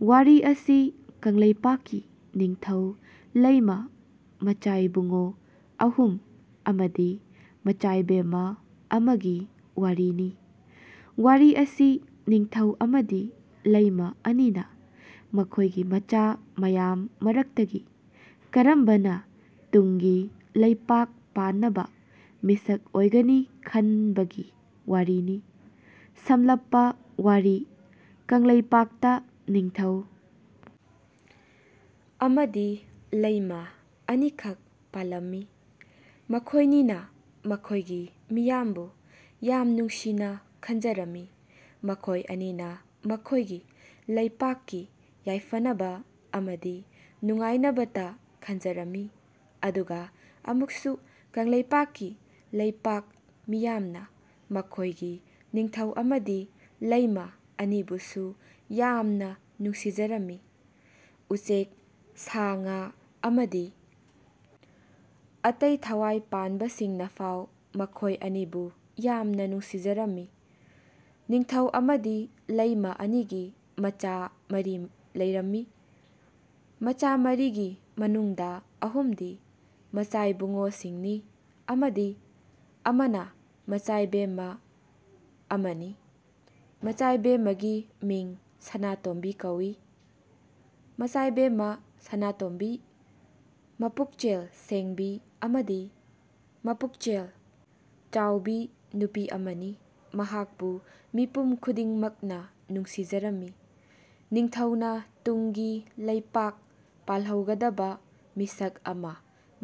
ꯋꯥꯔꯤ ꯑꯁꯤ ꯀꯪꯂꯩꯄꯥꯛꯀꯤ ꯅꯤꯡꯊꯧ ꯂꯩꯃ ꯃꯆꯥꯏꯕꯨꯡꯉꯣ ꯑꯍꯨꯝ ꯑꯃꯗꯤ ꯃꯆꯥꯏꯕꯦꯝꯃ ꯑꯃꯒꯤ ꯋꯥꯔꯤꯅꯤ꯫ ꯋꯥꯔꯤ ꯑꯁꯤ ꯅꯤꯡꯊꯧ ꯑꯃꯗꯤ ꯂꯩꯃ ꯑꯅꯤꯅ ꯃꯈꯣꯢꯒꯤ ꯃꯆꯥ ꯃꯌꯥꯝ ꯃꯔꯛꯇꯒꯤ ꯀꯔꯝꯕꯅ ꯇꯨꯡꯒꯤ ꯂꯩꯄꯥꯛ ꯄꯥꯟꯅꯕ ꯃꯤꯁꯛ ꯑꯣꯢꯒꯅꯤ ꯈꯟꯕꯒꯤ ꯋꯥꯔꯤꯅꯤ꯫ ꯁꯝꯂꯞꯄ ꯋꯥꯔꯤ ꯀꯪꯂꯩꯄꯥꯛꯇ ꯅꯤꯡꯊꯧ ꯑꯃꯗꯤ ꯂꯩꯃ ꯑꯅꯤꯈꯛ ꯄꯥꯂꯝꯃꯤ꯫ꯃꯈꯣꯢꯅꯤꯅ ꯃꯈꯣꯢꯒꯤ ꯃꯤꯌꯥꯝꯕꯨ ꯌꯥꯝ ꯅꯨꯡꯁꯤꯅ ꯈꯟꯖꯔꯝꯃꯤ꯫ ꯃꯈꯣꯢ ꯑꯅꯤꯅ ꯃꯈꯣꯢꯒꯤ ꯂꯩꯄꯥꯛꯀꯤ ꯌꯥꯢꯐꯅꯕ ꯑꯃꯗꯤ ꯅꯨꯡꯉꯥꯢꯅꯕꯇ ꯈꯟꯖꯔꯝꯃꯤ꯫ ꯑꯗꯨꯒ ꯑꯃꯨꯛꯁꯨ ꯀꯪꯂꯩꯄꯥꯛꯀꯤ ꯂꯩꯄꯥꯛ ꯃꯤꯌꯥꯝꯅ ꯃꯈꯣꯢꯒꯤ ꯅꯤꯡꯊꯧ ꯑꯃꯗꯤ ꯂꯩꯃ ꯑꯅꯤꯕꯨꯁꯨ ꯌꯥꯝꯅ ꯅꯨꯡꯁꯤꯖꯔꯝꯃꯤ꯫ ꯎꯆꯦꯛ ꯁꯥ ꯉꯥ ꯑꯃꯗꯤ ꯑꯇꯩ ꯊꯋꯥꯢ ꯄꯥꯟꯕꯁꯤꯡꯅꯐꯥꯎ ꯃꯈꯣꯢ ꯑꯅꯤꯕꯨ ꯌꯥꯝꯅ ꯅꯨꯡꯁꯤꯖꯔꯝꯃꯤ꯫ ꯅꯤꯡꯊꯧ ꯑꯃꯗꯤ ꯂꯩꯃ ꯑꯅꯤꯒꯤ ꯃꯆꯥ ꯃꯔꯤ ꯂꯩꯔꯝꯃꯤ꯫ ꯃꯆꯥ ꯃꯔꯤꯒꯤ ꯃꯅꯨꯡꯗ ꯑꯍꯨꯝꯗꯤ ꯃꯆꯥꯏꯕꯨꯡꯉꯣꯁꯤꯡꯅꯤ ꯑꯃꯗꯤ ꯑꯃꯅ ꯃꯆꯥꯏꯕꯦꯝꯃ ꯑꯃꯅꯤ꯫ ꯃꯆꯥꯏꯕꯦꯝꯃꯒꯤ ꯃꯤꯡ ꯁꯅꯥꯇꯣꯝꯕꯤ ꯀꯧꯏ꯫ ꯃꯆꯥꯏꯕꯦꯝꯃ ꯁꯅꯥꯇꯣꯝꯕꯤ ꯃꯄꯨꯛꯆꯦꯜ ꯁꯦꯡꯕꯤ ꯑꯃꯗꯤ ꯃꯄꯨꯛꯆꯦꯜ ꯆꯥꯎꯕꯤ ꯅꯨꯄꯤ ꯑꯃꯅꯤ꯫ ꯃꯍꯥꯛꯄꯨ ꯃꯤꯄꯨꯝ ꯈꯨꯗꯤꯡꯃꯛꯅ ꯅꯨꯡꯁꯤꯖꯔꯝꯃꯤ꯫ ꯅꯤꯡꯊꯧꯅ ꯇꯨꯡꯒꯤ ꯂꯩꯄꯥꯛ ꯄꯥꯜꯍꯧꯒꯗꯕ ꯃꯤꯁꯛ ꯑꯃ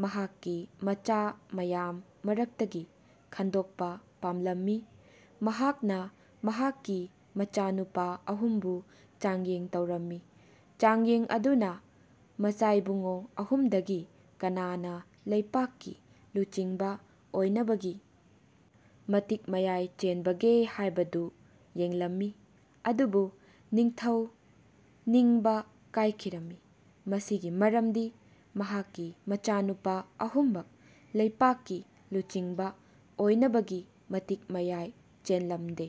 ꯃꯍꯥꯛꯀꯤ ꯃꯆꯥ ꯃꯌꯥꯝ ꯃꯔꯛꯇꯒꯤ ꯈꯟꯗꯣꯛꯄ ꯄꯥꯝꯂꯝꯃꯤ꯫ ꯃꯍꯥꯛꯅ ꯃꯍꯥꯛꯀꯤ ꯃꯆꯥꯅꯨꯄꯥ ꯑꯍꯨꯝꯕꯨ ꯆꯥꯡꯌꯦꯡ ꯇꯧꯔꯝꯃꯤ꯫ ꯆꯥꯡꯌꯦꯡ ꯑꯗꯨꯅ ꯃꯆꯥꯏꯕꯨꯡꯉꯣ ꯑꯍꯨꯝꯗꯒꯤ ꯀꯅꯥꯅ ꯂꯩꯄꯥꯛꯀꯤ ꯂꯨꯆꯤꯡꯕ ꯑꯣꯢꯅꯕꯒꯤ ꯃꯇꯤꯛ ꯃꯌꯥꯢ ꯆꯦꯟꯕꯒꯦ ꯍꯥꯢꯕꯗꯨ ꯌꯦꯡꯂꯝꯃꯤ꯫ ꯑꯗꯨꯕꯨ ꯅꯤꯡꯊꯧ ꯅꯤꯡꯕ ꯀꯥꯢꯈꯤꯔꯝꯃꯤ꯫ ꯃꯁꯤꯒꯤ ꯃꯔꯝꯗꯤ ꯃꯍꯥꯛꯀꯤ ꯃꯆꯥꯅꯨꯄꯥ ꯑꯍꯨꯝꯃꯛ ꯂꯩꯄꯥꯛꯀꯤ ꯂꯨꯆꯤꯡꯕ ꯑꯣꯢꯅꯕꯒꯤ ꯃꯇꯤꯛ ꯃꯌꯥꯢ ꯆꯦꯟꯂꯝꯗꯦ꯫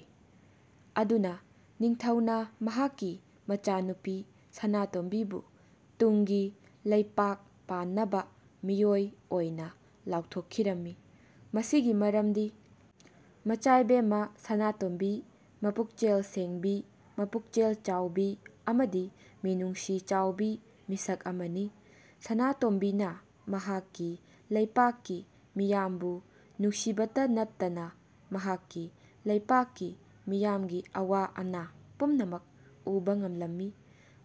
ꯑꯗꯨꯅ ꯅꯤꯡꯊꯧꯅ ꯃꯍꯥꯛꯀꯤ ꯃꯆꯥꯅꯨꯄꯤ ꯁꯅꯥꯇꯣꯝꯕꯤꯕꯨ ꯇꯨꯡꯒꯤ ꯂꯩꯄꯥꯛ ꯄꯥꯟꯅꯕ ꯃꯤꯑꯣꯢ ꯑꯣꯢꯅ ꯂꯥꯎꯊꯣꯛꯈꯤꯔꯝꯃꯤ꯫ ꯃꯁꯤꯒꯤ ꯃꯔꯝꯗꯤ ꯃꯆꯥꯏꯕꯦꯝꯃ ꯁꯅꯥꯇꯣꯝꯕꯤ ꯃꯄꯨꯛꯆꯦꯜ ꯁꯦꯡꯕꯤ ꯃꯄꯨꯛꯆꯦꯜ ꯆꯥꯎꯕꯤ ꯑꯃꯗꯤ ꯃꯤꯅꯨꯡꯁꯤ ꯆꯥꯎꯕꯤ ꯃꯤꯁꯛ ꯑꯃꯅꯤ꯫ ꯁꯅꯥꯇꯣꯝꯕꯤꯅ ꯃꯍꯥꯛꯀꯤ ꯂꯩꯄꯥꯛꯀꯤ ꯃꯤꯌꯥꯝꯕꯨ ꯅꯨꯡꯁꯤꯕꯇ ꯅꯠꯇꯅ ꯃꯍꯥꯛꯀꯤ ꯂꯩꯄꯥꯛꯀꯤ ꯃꯤꯌꯥꯝꯒꯤ ꯑꯋꯥ ꯑꯅꯥ ꯄꯨꯝꯅꯃꯛ ꯎꯕ ꯉꯝꯂꯝꯃꯤ꯫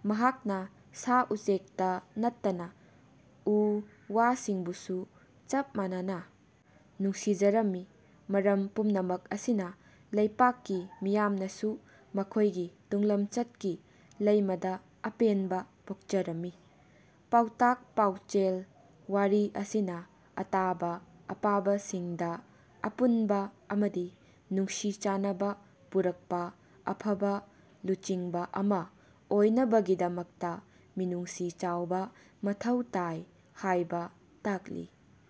ꯃꯍꯥꯛꯅ ꯁꯥ ꯎꯆꯦꯛꯇ ꯅꯠꯇꯅ ꯎ ꯋꯥꯁꯤꯡꯕꯨꯁꯨ ꯆꯞ ꯃꯥꯟꯅꯅ ꯅꯨꯡꯁꯤꯖꯔꯝꯃꯤ꯫ ꯃꯔꯝ ꯄꯨꯝꯅꯃꯛ ꯑꯁꯤꯅ ꯂꯩꯄꯥꯛꯀꯤ ꯃꯤꯌꯥꯝꯅꯁꯨ ꯃꯈꯣꯢꯒꯤ ꯇꯨꯡꯂꯝꯆꯠꯀꯤ ꯂꯩꯃꯗ ꯑꯄꯦꯟꯕ ꯄꯣꯛꯆꯔꯝꯃꯤ꯫ ꯄꯥꯎꯇꯥꯛ ꯄꯥꯎꯆꯦꯜ ꯋꯥꯔꯤ ꯑꯁꯤꯅ ꯑꯇꯥꯕ ꯑꯄꯥꯕꯁꯤꯡꯗ ꯑꯄꯨꯟꯕ ꯑꯃꯗꯤ ꯅꯨꯡꯁꯤ ꯆꯥꯟꯅꯕ ꯄꯨꯔꯛꯄ ꯑꯐꯕ ꯂꯨꯆꯤꯡꯕ ꯑꯃ ꯑꯣꯢꯅꯕꯒꯤꯗꯃꯛꯇ ꯃꯤꯅꯨꯡꯁꯤ ꯆꯥꯎꯕ ꯃꯊꯧ ꯇꯥꯢ ꯍꯥꯏꯕ ꯇꯥꯛꯂꯤ꯫